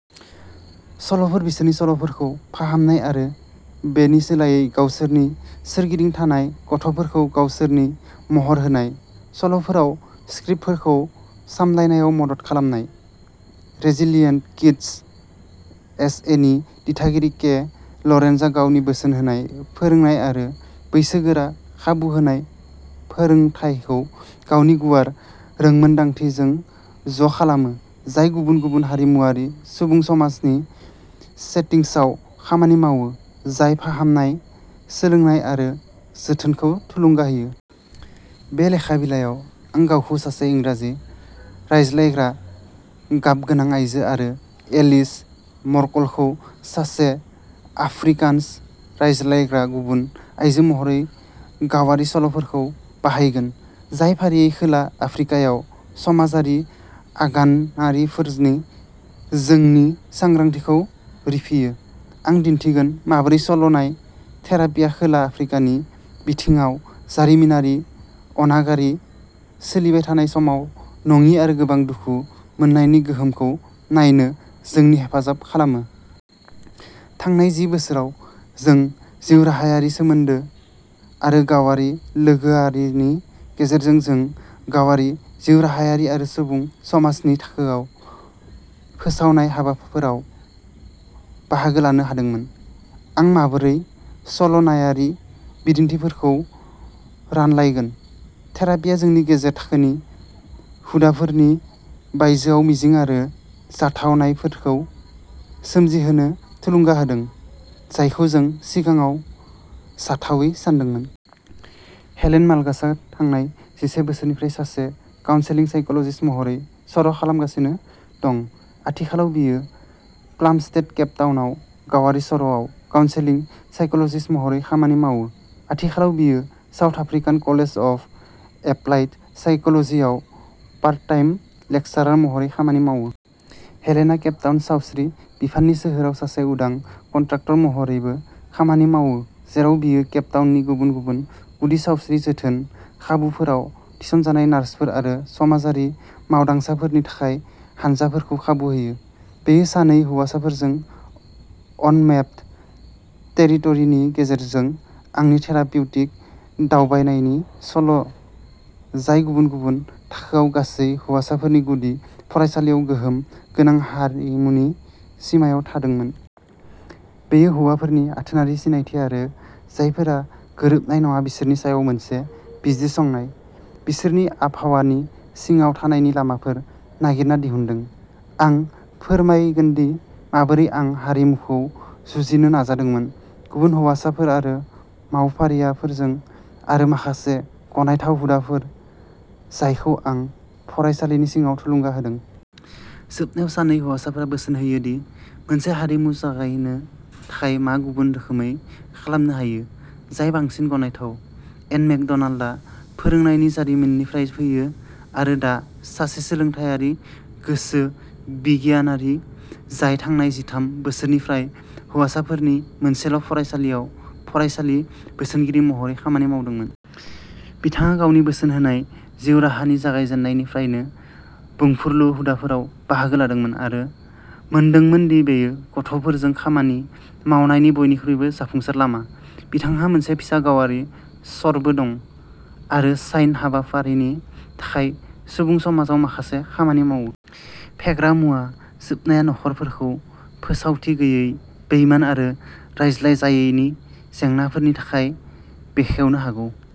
सल'फोर बिसोरनि सल'फोरखौ फाहामनाय आरो बेनि सोलायै गावसोरनि सोरगिदिं थानाय गथ'फोरखौ गावसोरनि महर होनाय सल'फोराव स्क्रिप्टफोरखौ सामलायनायाव मदद खालामनाय। रेजिलिएन्ट किड्स एस ए नि दिथागिरि के लरेन्जआ गावनि बोसोन होनाय फोरोंनाय आरो बैसोगोरा खाबु होनाय फोरोंथायखौ गावनि गुवार रोंमोनदांथिजों ज' खालामो जाय गुबुन-गुबुन हारिमुआरि सुबुं समाजनि सेटिंसआव खामानि मावो जाय फाहामनाय सोलोंनाय आरो जोथोनखौ थुलुंगा होयो। बे लेखा बिलायाव आं गावखौ सासे इंराजि रायज्लायग्रा गाबगोनां आइजो आरो एलिज मर्केलखौ सासे आफ्रिकान्स रायज्लायग्रा गुफुर आयजो महरै गावारि सल'फोरखौ बाहायगोन जाय फारियै खोला आफ्रिकायाव समाजारि अनागारिफोरनि जोंनि सांग्रांथिखौ रिफियो। आं दिन्थिगोन माबोरै सल'नाय थेरापिआ खोला आफ्रिकानि बिथिङाव जारिमिनारि अनागारि सोलिबाय थानाय समान नङि आरो गोबां दुखु मोननायनि गोहोमखौ नायनो जोंनि हेफाजाब खालामो। थांनाय जि बोसोराव जोंनि जिउराहायारि सोमोन्दो आरो गावारि लोगोआरिनि गेजेरजों जों गावारि जिउराहायारि आरो सुबुं समाजनि थाखोआव फोसाबनाय हाबाफोराव बाहागो लानो हादोंमोन। आं माबोरै सल'नायारि बिदिन्थिफोरखौ रानलायगोन। थेरापिआ जोंनि गेजेर थाखोनि हुदाफोरनि बायजोआव मिजिं आरो जाथावनाफोरखौ सोमजिहोनो थुलुंगा होदों जायखौ जों सिगाङाव जाथावै सानदोंमोन। हेलेन मालगासआ थांनाय जिसे बोसोरनिफ्राय सासे काउन्सेलिं साइकोलजिस्ट महरै सर'खालामगासिनो दं। आथिखालाव बियो प्लामस्टेड केप टाउनआव गावारि सर'आव काउन्सेलिं साइकोलजिस्ट महरै खामानि मावो। आथिखालाव बियो South African college of applied साइकोलजियाव पार्ट टाइम लेकचारार महरै खामानि मावो। हेलेनआ केप टाउन सावस्रि बिफाननि सोहोराव सासे उदां कन्ट्राक्टर महरैबो खामानि मावो जेराव बियो केप टाउननि गुबुन गुबुन गुदि सावस्रि जोथोन खाबुफोराव थिसनजानाय नार्सफोर आरो समाजारि मावदांसाफोरनि थाखाय हानजाफोरखौ खाबु होयो। बेयो सानै हौवासाफोरजों अनमेप्ड टेरिट'रि नि गेजेरजों आंनि थेरापिउटिक दावबायनायनि सल' जाय गुबुन गुबुन थाखोआव गासै हौवासाफोरनि गुदि फरायसालिआव गोहोम गोनां हारिमुनि सिमायाव थादोंमोन। बेयो हौवाफोरनि आथोनारि सिनायथि आरो जायफोरा गोरोबनाय नङा बिसोरनि सायाव मोनसे बिजिरसंनाय। बिसोरनि आबहावानि सिङाव थानायनि लामाफोर नागिरना दिहुनदों। आं फोरमायगोनदि माबोरै आं हारिमुखौ जुजिनो नाजादोंमोन गुबुन हौवासाफोर आरो मावफारियाफोरजों आरो माखासे गनायथाव हुदाफोर जायखौ आं फरायसालिनि सिङाव थुलुंगा होदों। जोबनायाव सानै हौवासाफोरा बोसोन होयो दि मोनसे हारिमु जगायनो थाखाय मा गुबुन रोखोमै खालामनो हायो जाय बांसिन गनायथाव। एन मेकड'नाल्डआ फोरोंनायनि जारिमिननिफ्राय फैयो आरो दा सासे सोलोंथायारि गोसो बिगियानगिरि जाय थांनाय जिथाम बोसोरफोरनिफ्राय हौवासाफोरनि मोनसेल' फरायसालियाव फरायसालि बोसोनगिरि महरै खामानि मावदोंमोन। बिथाङा गावनि बोसोन होनाय जिउराहानि जागायजेन्नायनिफ्रायनो बुंफोरलु हुदाफोराव बाहागो लादोंमोन आरो मोनदोंमोन दि बेयो गथ'फोरजों खामानि मावनायनि बयनिख्रुइबो जाफुंसार लामा। बिथांहा मोनसे फिसा गावारि सर'बो दं आरो शाइन हाबाफारिनि थाखाय सुबुं समाजाव माखासे खामानि मावो। फेग्रा मुवा सोबनाया न'खरफोरखौ फोथायथि गैयै बेइमान आरो रायज्लायजायैनि जेंनाफोरनि थाखाय बेखेवनो हागौ।